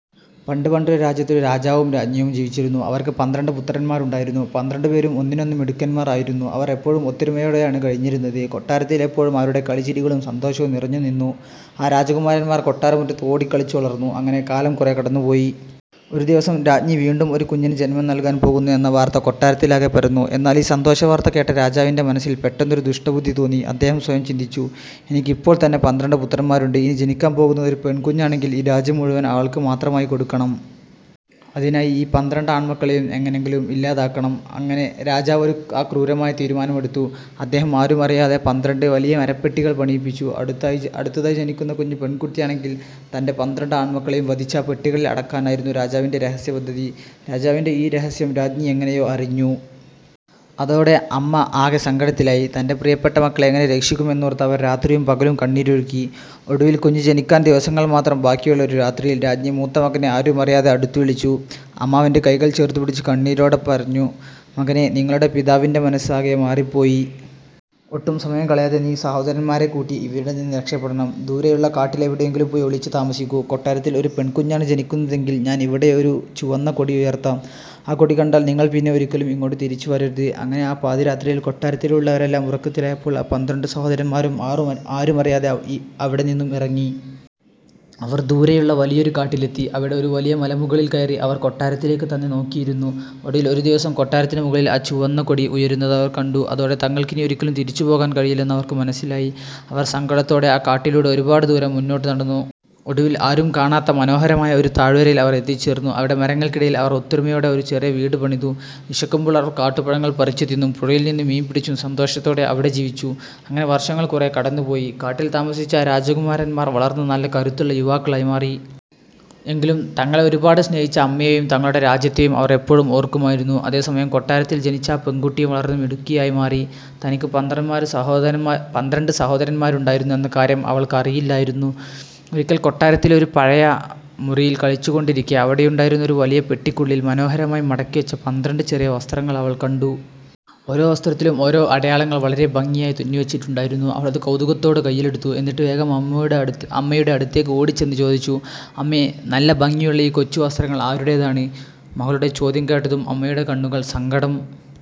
പണ്ട് പണ്ടൊരു രാജ്യത്ത് ഒരു രാജാവും രാജ്ഞിയും ജീവിച്ചിരുന്നു. അവർക്ക് പന്ത്രണ്ട് പുത്രന്മാർ ഉണ്ടായിരുന്നു. പന്ത്രണ്ടുപേരും ഒന്നിനൊന്ന് മിടുക്കന്മാർ ആയിരുന്നു. അവർ എപ്പോഴും ഒത്തൊരുമയോടെയാണ് കഴിഞ്ഞിരുന്നത്. കൊട്ടാരത്തിൽ എപ്പോഴും അവരുടെ കളിചിരികളും സന്തോഷവും നിറഞ്ഞുനിന്നു. ആ രാജകുമാരന്മാർ കൊട്ടാരമുറ്റത്ത് ഓടിക്കളിച്ചു വളർന്നു. അങ്ങനെ കാലം കുറേ കടന്നുപോയി. ഒരു ദിവസം, രാജ്ഞി വീണ്ടും ഒരു കുഞ്ഞിന് ജന്മം നൽകാൻ പോകുന്നു എന്ന വാർത്ത കൊട്ടാരത്തിലാകെ പരന്നു. എന്നാൽ, ഈ സന്തോഷവാർത്ത കേട്ട രാജാവിന്റെ മനസ്സിൽ പെട്ടെന്നൊരു ദുഷ്ടബുദ്ധി തോന്നി. അദ്ദേഹം സ്വയം ചിന്തിച്ചു: "എനിക്ക് ഇപ്പോൾ തന്നെ പന്ത്രണ്ട് പുത്രന്മാരുണ്ട്. ഇനി ജനിക്കാൻ പോകുന്നത് ഒരു പെൺകുഞ്ഞാണെങ്കിൽ, ഈ രാജ്യം മുഴുവൻ അവൾക്ക് മാത്രമായി കൊടുക്കണം. അതിനായി ഈ പന്ത്രണ്ട് ആൺമക്കളെയും എങ്ങനെയെങ്കിലും ഇല്ലാതാക്കണം! " അങ്ങനെ രാജാവ് ആ ക്രൂരമായ തീരുമാനമെടുത്തു. അദ്ദേഹം ആരുമറിയാതെ പന്ത്രണ്ട് വലിയ മരപ്പെട്ടികൾ പണിയിപ്പിച്ചു. അടുത്തതായി ജനിക്കുന്ന കുഞ്ഞ് പെൺകുട്ടിയാണെങ്കിൽ, തന്റെ പന്ത്രണ്ട് ആൺമക്കളെയും വധിച്ച് ആ പെട്ടികളിൽ അടയ്ക്കാനായിരുന്നു രാജാവിന്റെ രഹസ്യ പദ്ധതി. രാജാവിന്റെ ഈ രഹസ്യം രാജ്ഞി എങ്ങനെയോ അറിഞ്ഞു. അതോടെ അമ്മ ആകെ സങ്കടത്തിലായി. തന്റെ പ്രിയപ്പെട്ട മക്കളെ എങ്ങനെ രക്ഷിക്കും എന്നോർത്ത് അവർ രാത്രിയും പകലും കണ്ണീരൊഴുക്കി. ഒടുവിൽ, കുഞ്ഞ് ജനിക്കാൻ ദിവസങ്ങൾ മാത്രം ബാക്കിയുള്ള ഒരു രാത്രിയിൽ, രാജ്ഞി മൂത്തമകനെ ആരുമറിയാതെ അടുത്തു വിളിച്ചു. അമ്മ അവന്റെ കൈകൾ ചേർത്തുപിടിച്ച് കണ്ണീരോടെ പറഞ്ഞു: "മകനേ, നിങ്ങളുടെ പിതാവിന്റെ മനസ്സ് ആകെ മാറിപ്പോയി. ഒട്ടും സമയം കളയാതെ നീ സഹോദരന്മാരെയും കൂട്ടി ഇവിടെനിന്ന് രക്ഷപ്പെടണം! ദൂരെയുള്ള കാട്ടിൽ എവിടെയെങ്കിലും പോയി ഒളിച്ചു താമസിക്കൂ. കൊട്ടാരത്തിൽ ഒരു പെൺകുഞ്ഞാണ് ജനിക്കുന്നതെങ്കിൽ ഞാൻ ഇവിടെയൊരു ചുവന്ന കൊടി ഉയർത്താം. ആ കൊടി കണ്ടാൽ നിങ്ങൾ പിന്നെ ഒരിക്കലും ഇങ്ങോട്ട് തിരിച്ചു വരരുത്! " അങ്ങനെ ആ പാതിരാത്രിയിൽ, കൊട്ടാരത്തിലുള്ളവരെല്ലാം ഉറക്കത്തിലായപ്പോൾ ആ പന്ത്രണ്ട് സഹോദരന്മാരും ആരുമറിയാതെ അവിടെനിന്നും ഇറങ്ങി. അവർ ദൂരെയുള്ള വലിയൊരു കാട്ടിലെത്തി. അവിടെ ഒരു വലിയ മലമുകളിൽ കയറി അവർ കൊട്ടാരത്തിലേക്ക് തന്നെ നോക്കിയിരുന്നു. ഒടുവിൽ ഒരു ദിവസം, കൊട്ടാരത്തിന് മുകളിൽ ആ ചുവന്ന കൊടി ഉയരുന്നത് അവർ കണ്ടു! അതോടെ തങ്ങൾക്ക് ഇനി ഒരിക്കലും തിരിച്ചുപോകാൻ കഴിയില്ലെന്ന് അവർക്ക് മനസ്സിലായി. അവർ സങ്കടത്തോടെ ആ കാട്ടിലൂടെ ഒരുപാട് ദൂരം മുന്നോട്ട് നടന്നു. ഒടുവിൽ ആരും കാണാത്ത, മനോഹരമായ ഒരു താഴ്വരയിൽ അവർ എത്തിച്ചേർന്നു. അവിടെ മരങ്ങൾക്കിടയിൽ അവർ ഒത്തൊരുമയോടെ ഒരു ചെറിയ വീട് പണിതു. വിശക്കുമ്പോൾ അവർ കാട്ടുപഴങ്ങൾ പറിച്ചു തിന്നും, പുഴയിൽ നിന്ന് മീൻ പിടിച്ചും സന്തോഷത്തോടെ അവിടെ ജീവിച്ചു. അങ്ങനെ വർഷങ്ങൾ കുറേ കടന്നുപോയി. കാട്ടിൽ താമസിച്ച ആ രാജകുമാരന്മാർ വളർന്ന് നല്ല കരുത്തുള്ള യുവാക്കളായി മാറി. എങ്കിലും തങ്ങളെ ഒരുപാട് സ്നേഹിച്ച അമ്മയെയും തങ്ങളുടെ രാജ്യത്തെയും അവർ എപ്പോഴും ഓർക്കുമായിരുന്നു. അതേസമയം, കൊട്ടാരത്തിൽ ജനിച്ച ആ പെൺകുട്ടിയും വളർന്ന് മിടുക്കിയായി മാറി. തനിക്ക് പന്ത്രണ്ട് സഹോദരന്മാരുണ്ടായിരുന്നു എന്ന കാര്യം അവൾക്ക് അറിയില്ലായിരുന്നു. ഒരിക്കൽ കൊട്ടാരത്തിലെ ഒരു പഴയ മുറിയിൽ കളിച്ചുകൊണ്ടിരിക്കെ, അവിടെയുണ്ടായിരുന്ന ഒരു വലിയ പെട്ടിക്കുള്ളിൽ മനോഹരമായി മടക്കിവച്ച പന്ത്രണ്ട് ചെറിയ വസ്ത്രങ്ങൾ അവൾ കണ്ടു! ഓരോ വസ്ത്രത്തിലും ഓരോ അടയാളങ്ങൾ വളരെ ഭംഗിയായി തുന്നി വച്ചിട്ടുണ്ടായിരുന്നു. അവളത് കൗതുകത്തോടെ കൈയിലെടുത്തു. എന്നിട്ട് വേഗം അമ്മയുടെ അടുത്തേക്ക് ഓടിച്ചെന്ന് ചോദിച്ചു: "അമ്മേ, നല്ല ഭംഗിയുള്ള ഈ കൊച്ചു വസ്ത്രങ്ങൾ ആരുടേതാണ്? " മകളുടെ ചോദ്യം കേട്ടതും അമ്മയുടെ കണ്ണുകൾ സങ്കടം